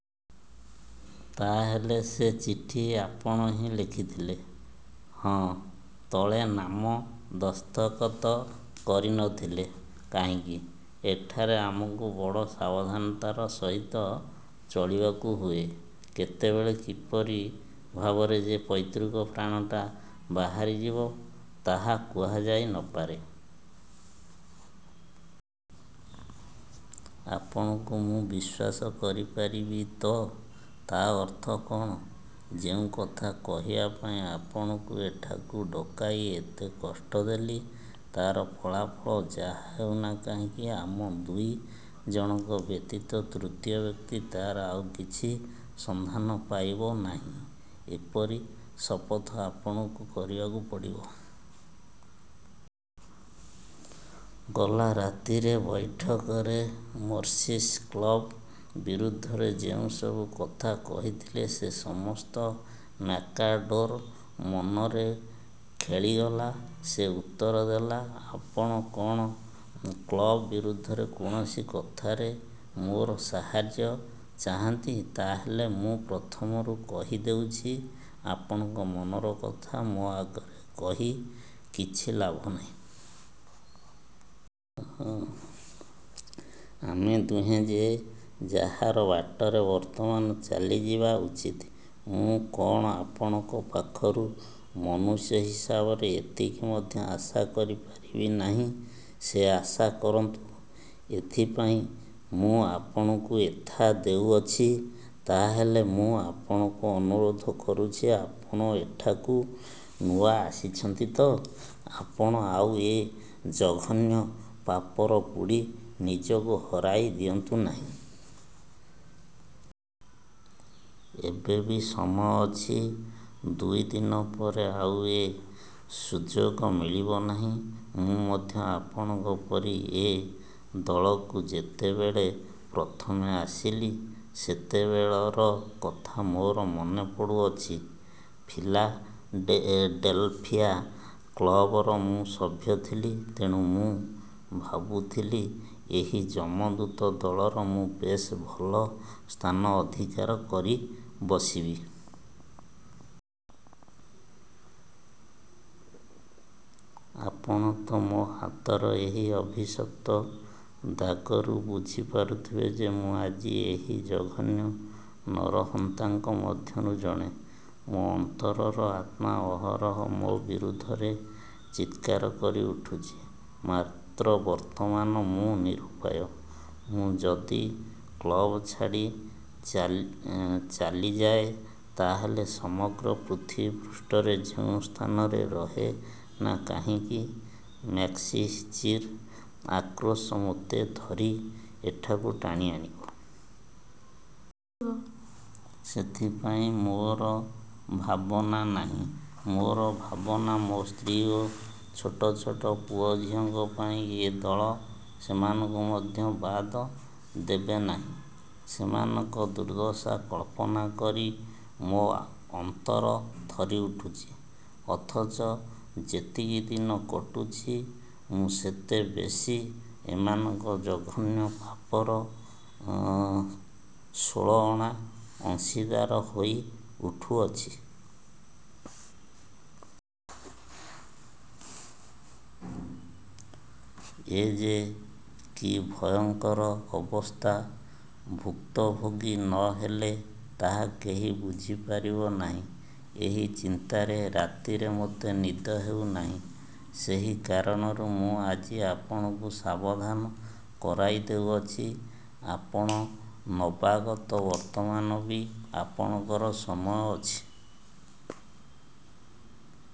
'' ''ତା ହେଲେ ସେ ଚିଠି ଆପଣ ହିଁ ଲେଖିଥିଲେ? ''ହଁ। '' ''ତଳେ ନାମ ଦସ୍ତଖତ କରି ନ ଥିଲେ କାହିଁକି? '' ''ଏଠାରେ ଆମକୁ ବଡ଼ ସାବଧାନତାର ସହିତ ଚଳିବାକୁ ହୁଏ। କେତେବେଳେ କିପରି ଭାବରେ ଯେ ପୈତୃକ ପ୍ରାଣଟା ବାହାରିଯିବ, ତାହା କୁହାଯାଇ ନ ପାରେ। ଆପଣଙ୍କୁ ମୁଁ ବିଶ୍ୱାସ କରିପାରିବି ତ? '' ''ତା ଅର୍ଥ କଅଣ? '' ''ଯେଉଁ କଥା କହିବା ପାଇଁ ଆପଣଙ୍କୁ ଏଠାକୁ ଡକାଇ ଏତେ କଷ୍ଟ ଦେଲି, ତାର ଫଳାଫଳ ଯାହା ହେଉ ନା କାହିଁକି, ଆମ ଦୁଇ ଜଣଙ୍କ ବ୍ୟତୀତ ତୃତୀୟ ବ୍ୟକ୍ତି ତାର ଆଉ କିଛି ସନ୍ଧାନ ପାଇବ ନାହିଁ-ଏପରି ଶପଥ ଆପଣଙ୍କୁ କରିବାକୁ ପଡ଼ିବ। '' ଗଲା ରାତିରେ ବୈଠକରେ ମରିସ୍ କ୍ଳବ ବିରୁଦ୍ଧରେ ଯେଉଁସବୁ କଥା କହିଥିଲେ, ସେ ସମସ୍ତ ମ୍ୟାକ୍ମାର୍ଡ଼ୋର ମନରେ ଖେଳିଗଲା। ସେ ଉତ୍ତର ଦେଲା- ''ଆପଣ କଅଣ କ୍ଳବ ବିରୁଦ୍ଧରେ କୌଣସି କଥାରେ ମୋର ସାହାଯ୍ୟ ଚାହାନ୍ତି? ତା ହେଲେ ମୁଁ ପ୍ରଥମରୁ କହିଦେଉଛି, ଆପଣଙ୍କ ମନର କଥା ମୋ ଆଗରେ କହି କିଛି ଲାଭ ନାହିଁ। ଆମେ ଦୁହେଁ ଯେ ଯାହାର ବାଟରେ ବର୍ତ୍ତମାନ ଚାଲିଯିବା ଉଚିତ। ମୁଁ କଅଣ ଆପଣଙ୍କ ପାଖରୁ ମନୁଷ୍ୟ ହିସାବରେ ଏତିକି ମଧ୍ୟ ଆଶା କରିପାରିବି ନାହିଁ। '' ''ସେ ଆଶା କରନ୍ତୁ; ଏଥିପାଇଁ ମୁଁ ଆପଣଙ୍କୁ ଏଥା ଦେଉଅଛି। '' ''ତାହାହେଲେ ମୁଁ ଆପଣଙ୍କୁ ଅନୁରୋଧ କରୁଅଛି, ଆପଣ ଏଠାକୁ ନୂଆ ଆସିଛନ୍ତି ତ-ଆପଣ ଆଉ ଏ ଜଘନ୍ୟ ପାପରେ ବୁଡ଼ି ନିଜକୁ ହରାଇ ଦିଅନ୍ତୁ ନାହିଁ। ଏବେ ବି ସମୟ ଅଛି, ଦୁଇ ଦିନ ପରେ ଆଉ ଏ ସୁଯୋଗ ମିଳିବ ନାହିଁ। ମୁଁ ମଧ୍ୟ ଆପଣଙ୍କ ପରି ଏ ଦଳକୁ ଯେତେବେଳେ ପ୍ରଥମେ ଆସିଲି, ସେତେବେଳେର କଥା ମୋର ମନେ ପଡ଼ୁଅଛି। ଫିଲାଡେଲଫିଆ କ୍ଳବର ମୁଁ ସଭ୍ୟ ଥିଲି। ତେଣୁ ମୁଁ ଭାବୁଥିଲି, ଏହି ଯମଦୂତ ଦଳରେ ମୁଁ ବେଶ୍ ଭଲ ସ୍ଥାନ ଅଧିକାର କରି ବସିବି। ଆପଣ ତ ମୋ ହାତର ଏହି ଅଭିଶପ୍ତ ଦାଗରୁ ବୁଝିପାରୁଥିବେ ଯେ, ମୁଁ ଆଜି ଏହି ଜଘନ୍ୟ ନରହନ୍ତାଙ୍କ ମଧ୍ୟରୁ ଜଣେ। ମୋ ଅନ୍ତରର ଆତ୍ମା ଅହରହ ମୋ ବିରୋଧରେ ଚିତ୍କାର କରି ଉଠୁଛି। ମାତ୍ର ବର୍ତ୍ତମାନ ମୁଁ ନିରୂପାୟ। ମୁଁ ଯଦି କ୍ଳବ୍ ଛାଡ଼ି ଚାଲିଯାଏ, ତାହାହେଲେ ସମଗ୍ର ପୃଥିବୀପୃଷ୍ଠରେ ଯେଉଁ ସ୍ଥାନରେ ରହେ ନା କାହଁକି, ମ୍ୟାକ୍ଜିଣ୍ଟିର ଆକ୍ରୋଶ ମୋତେ ଧରି ଏଠାକୁ ଟାଣିଆଣିବ। ସେଥିପାଇଁ ମୋର ଭାବନା ନାହିଁ। ମୋର ଭାବନା-ମୋ ସ୍ତ୍ରୀ ଓ ଛୋଟଛୋଟ ପୁଅ ଝିଅଙ୍କ ପାଇଁ। ଏ ଦଳ ସେମାନଙ୍କୁ ମଧ୍ୟ ବାଦ୍ ଦେବେ ନାହିଁ। ସେମାନଙ୍କ ଦୁର୍ଦ୍ଦଶା କଳ୍ପନା କରି ମୋ ଅନ୍ତର ଥରିଉଠୁଛି। ଅଥଚ ଯେତିକି ଦିନ କଟୁଛି, ମୁଁ ସେତେ ବେଶୀ ଏମାନଙ୍କ ଜଘନ୍ୟ ପାପର ଷୋଳ ଅଣା ଅଂଶୀଦାର ହୋଇଉଠୁଅଛି। ଏ ଯେ କି ଭୟଙ୍କର ଅବସ୍ଥା, ଭୁକ୍ତଭୋଗୀ ନ ହେଲେ ତାହା କେହି ବୁଝିପାରିବ ନାହିଁ। ଏହି ଚିନ୍ତାରେ ରାତିରେ ମୋତେ ନିଦ ହେଉ ନାହିଁ। ସେହି କାରଣରୁ ମୁଁ ଆଜି ଆପଣଙ୍କୁ ସାବଧାନ କରାଇଦେଉଅଛି। ଆପଣ ନବାଗତ, ବର୍ତ୍ତମାନ ବି ଆପଣଙ୍କର ସମୟ ଅଛି।